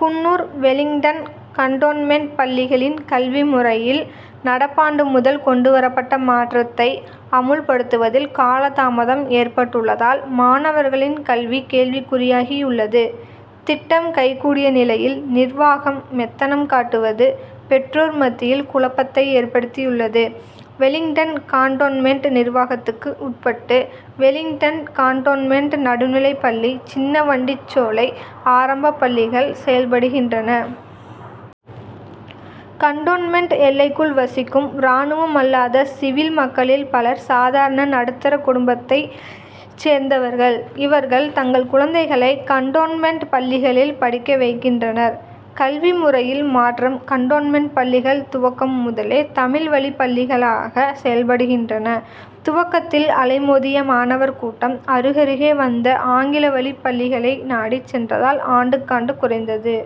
Coonoor Wellington cantonment பள்ளிகளின் கல்வி முறையில், நடப்பாண்டு முதல் கொண்டு வரப்பட்ட மாற்றத்தை அமல்படுத்துவதில் காலதாமதம் ஏற்பட்டுள்ளதால், மாணவர்களின் கல்வி கேள்விக்குறியாகியுள்ளது திட்டம் கை கூடிய நிலையில், நிர்வாகம் மெத்தனம் காட்டுவது பெற்றோர் மத்தியில் குழப்பத்தை ஏற்படுத்தியுள்ளது. வெலிங்டன் கன்டோன்மென்ட் நிர்வாகத்துக்கு உட்பட்டு, வெலிங்டன் கன்டோன்மென்ட் நடுநிலைப் பள்ளி, சின்ன வண்டிச்சோலை ஆரம்பப் பள்ளிகள் செயல்படுகின்றன. கன்டோன்மென்ட் எல்லைக்குள் வசிக்கும் ராணுவம் அல்லாத சிவில் மக்களில் பலர் சாதாரண, நடுத்தர குடும்பத்தை சேர்ந்தவர்கள் இவர்கள் தங்கள் குழந்தைகளை கன்டோன்மென்ட் பள்ளிகளில் படிக்க வைக்கின்றனர். கல்வி முறையில் மாற்றம் கன்டோன்மென்ட் பள்ளிகள் துவக்கம் முதலே தமிழ் வழிப்பள்ளிகளாக செயல்படுகின்றன துவக்கத்தில் அலைமோதிய மாணவர் கூட்டம், அருகருகே வந்த ஆங்கில வழிப்பள்ளிகளை நாடி சென்றதால் ஆண்டுக்காண்டு குறைந்தது.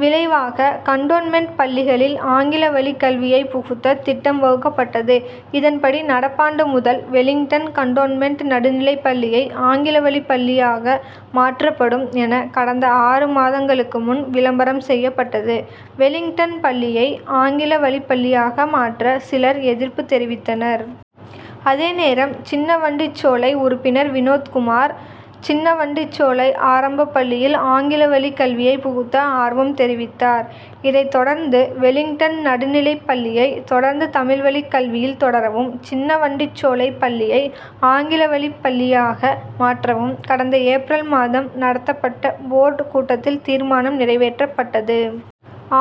விளைவாக, கன்டோன்மென்ட் பள்ளிகளில் ஆங்கில வழிக் கல்வியை புகுத்த திட்டம் வகுக்கப்பட்டது இதன்படி, நடப்பாண்டு முதல் வெலிங்டன் கன்டோன்மென்ட் நடுநிலைப் பள்ளியை ஆங்கில வழிப்பள்ளியாக மாற்றப்படும் என கடந்த ஆறு மாதங்களுக்கு முன் விளம்பரம் செய்யப்பட்டது. வெலிங்டன் பள்ளியை ஆங்கில வழிப்பள்ளியாக மாற்ற, சிலர் எதிர்ப்பு தெரிவித்தனர். அதே நேரம், சின்ன வண்டிச்சோலை உறுப்பினர் வினோத்குமார், சின்ன வண்டிச்சோலை ஆரம்பப் பள்ளியில் ஆங்கில வழி கல்வியை புகுத்த ஆர்வம் தெரிவித்தார். இதைத் தொடர்ந்து, வெலிங்டன் நடுநிலைப் பள்ளியை, தொடர்ந்து தமிழ் வழிக் கல்வியில் தொடரவும், சின்ன வண்டிச்சோலை பள்ளியை ஆங்கில வழிப் பள்ளியாக மாற்றவும், கடந்த ஏப்ரல் மாதம் நடத்தப்பட்ட போர்டு கூட்டத்தில் தீர்மானம் நிறைவேற்றப்பட்டது.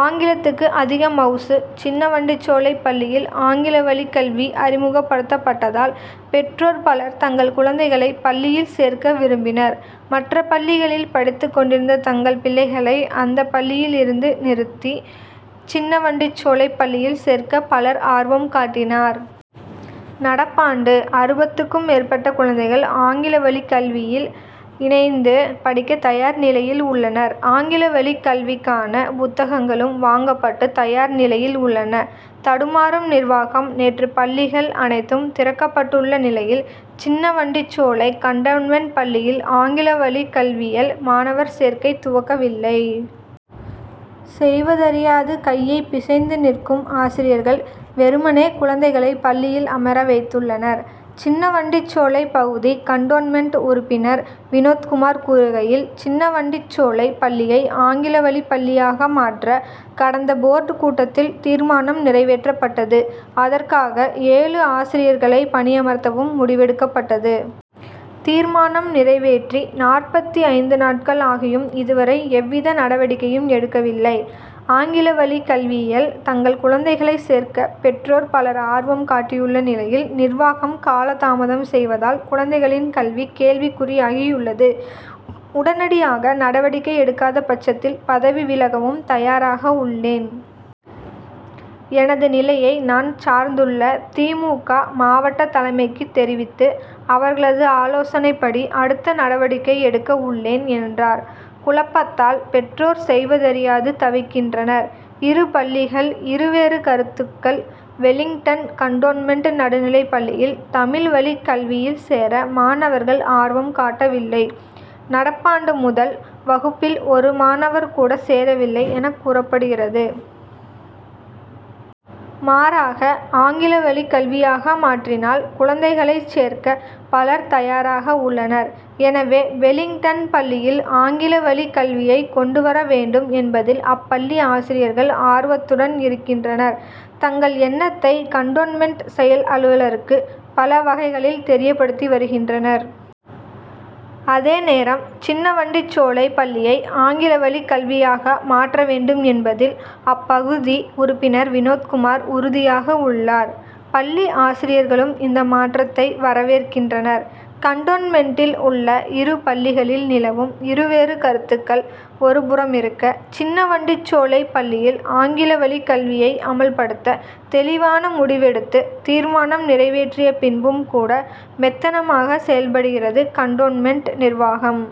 ஆங்கிலத்துக்கு அதிக மவுசு சின்ன வண்டிச்சோலை பள்ளியில் ஆங்கில வழிக் கல்வி அறிமுகப்படுத்தப்பட்டதால், பெற்றோர் பலர் தங்கள் குழந்தைகளை பள்ளியில் சேர்க்க விரும்பினர் மற்ற பள்ளிகளில் படித்துக் கொண்டிருந்த தங்கள் பிள்ளைகளை, அந்த பள்ளியில் இருந்து நிறுத்தி, சின்ன வண்டிச்சோலை பள்ளியில் சேர்க்க பலர் ஆர்வம் காட்டினர். நடப்பாண்டு, அறுபதுக்கும் மேற்பட்ட குழந்தைகள் ஆங்கில வழிக் கல்வியில் இணைந்து படிக்க தயார் நிலையில் உள்ளனர். ஆங்கில வழிக் கல்விக்கான புத்தகங்களும் வாங்கப்பட்டு தயார் நிலையில் உள்ளன. தடுமாறும் நிர்வாகம் நேற்று பள்ளிகள் அனைத்தும் திறக்கப்பட்டுள்ள நிலையில், சின்ன வண்டிச்சோலை கன்டோன்மென்ட் பள்ளியில் ஆங்கில வழிக் கல்வியில் மாணவர் சேர்க்கை துவங்கவில்லை. செய்வதறியாது கையை பிசைந்து நிற்கும் ஆசிரியர்கள், வெறுமனே குழந்தைகளை பள்ளியில் அமர வைத்துள்ளனர். சின்ன வண்டிச்சோலை பகுதி கன்டோன்மென்ட் உறுப்பினர் வினோத்குமார் கூறுகையில், சின்ன வண்டிச்சோலை பள்ளியை ஆங்கில வழிப் பள்ளியாக மாற்ற, கடந்த போர்டு கூட்டத்தில் தீர்மானம் நிறைவேற்றப்பட்டது அதற்காக ஏழு ஆசிரியர்களை பணியமர்த்தவும் முடிவெடுக்கப்பட்டது. தீர்மானம் நிறைவேற்றி நாற்பத்து ஐந்து நாட்கள் ஆகியும், இதுவரை எவ்வித நடவடிக்கையும் எடுக்கவில்லை. ஆங்கில வழிக் கல்வியில் தங்கள் குழந்தைகளை சேர்க்க பெற்றோர் பலர் ஆர்வம் காட்டியுள்ள நிலையில், நிர்வாகம் காலதாமதம் செய்வதால், குழந்தைகளின் கல்வி, கேள்விக் குறியாகியுள்ளது. உடனடியாக நடவடிக்கை எடுக்காத பட்சத்தில், பதவி விலகவும் தயாராக உள்ளேன். எனது நிலையை நான் சார்ந்துள்ள தி. மு. க., மாவட்ட தலைமைக்கு தெரிவித்து, அவர்களது ஆலோசனைப்படி அடுத்த நடவடிக்கை எடுக்க உள்ளேன் என்றார். குழப்பத்தால், பெற்றோர் செய்வதறியாது தவிக்கின்றனர். இரு பள்ளிகள்இரு வேறு கருத்துகள் வெலிங்டன் கன்டோன்மென்ட் நடுநிலைப் பள்ளியில், தமிழ் வழிக் கல்வியில் சேர மாணவர்கள் ஆர்வம் காட்டவில்லை நடப்பாண்டு, முதல் வகுப்பில் ஒரு மாணவர் கூட சேரவில்லை எனக் கூறப்படுகிறது. மாறாக, ஆங்கில வழிக் கல்வியாக மாற்றினால் குழந்தைகளை சேர்க்க பலர் தயாராக உள்ளனர். எனவே, வெலிங்டன் பள்ளியில் ஆங்கில வழிக் கல்வியை கொண்டு வர வேண்டும் என்பதில் அப்பள்ளி ஆசிரியர்கள் ஆர்வத்துடன் இருக்கின்றனர் தங்கள் எண்ணத்தை கன்டோன்மென்ட் செயல் அலுவலருக்கு பல வகைகளில் தெரியப்படுத்தி வருகின்றனர். அதே நேரம், சின்ன வண்டிச்சோலை பள்ளியை ஆங்கில வழிக் கல்வியாக மாற்ற வேண்டும் என்பதில் அப்பகுதி உறுப்பினர் வினோத்குமார் உறுதியாக உள்ளார். பள்ளி ஆசிரியர்களும் இந்த மாற்றத்தை வரவேற்கின்றனர். கன்டோன்மென்ட்டில் உள்ள இரு பள்ளிகளில் நிலவும் இரு வேறு கருத்துகள் ஒரு புறமிருக்க, சின்ன வண்டிச்சோலை பள்ளியில் ஆங்கில வழிக் கல்வியை அமல்படுத்த தெளிவான முடிவெடுத்து, தீர்மானம் நிறைவேற்றிய பின்பும் கூட, மெத்தனமாக செயல்படுகிறது கன்டோன்மென்ட் நிர்வாகம்.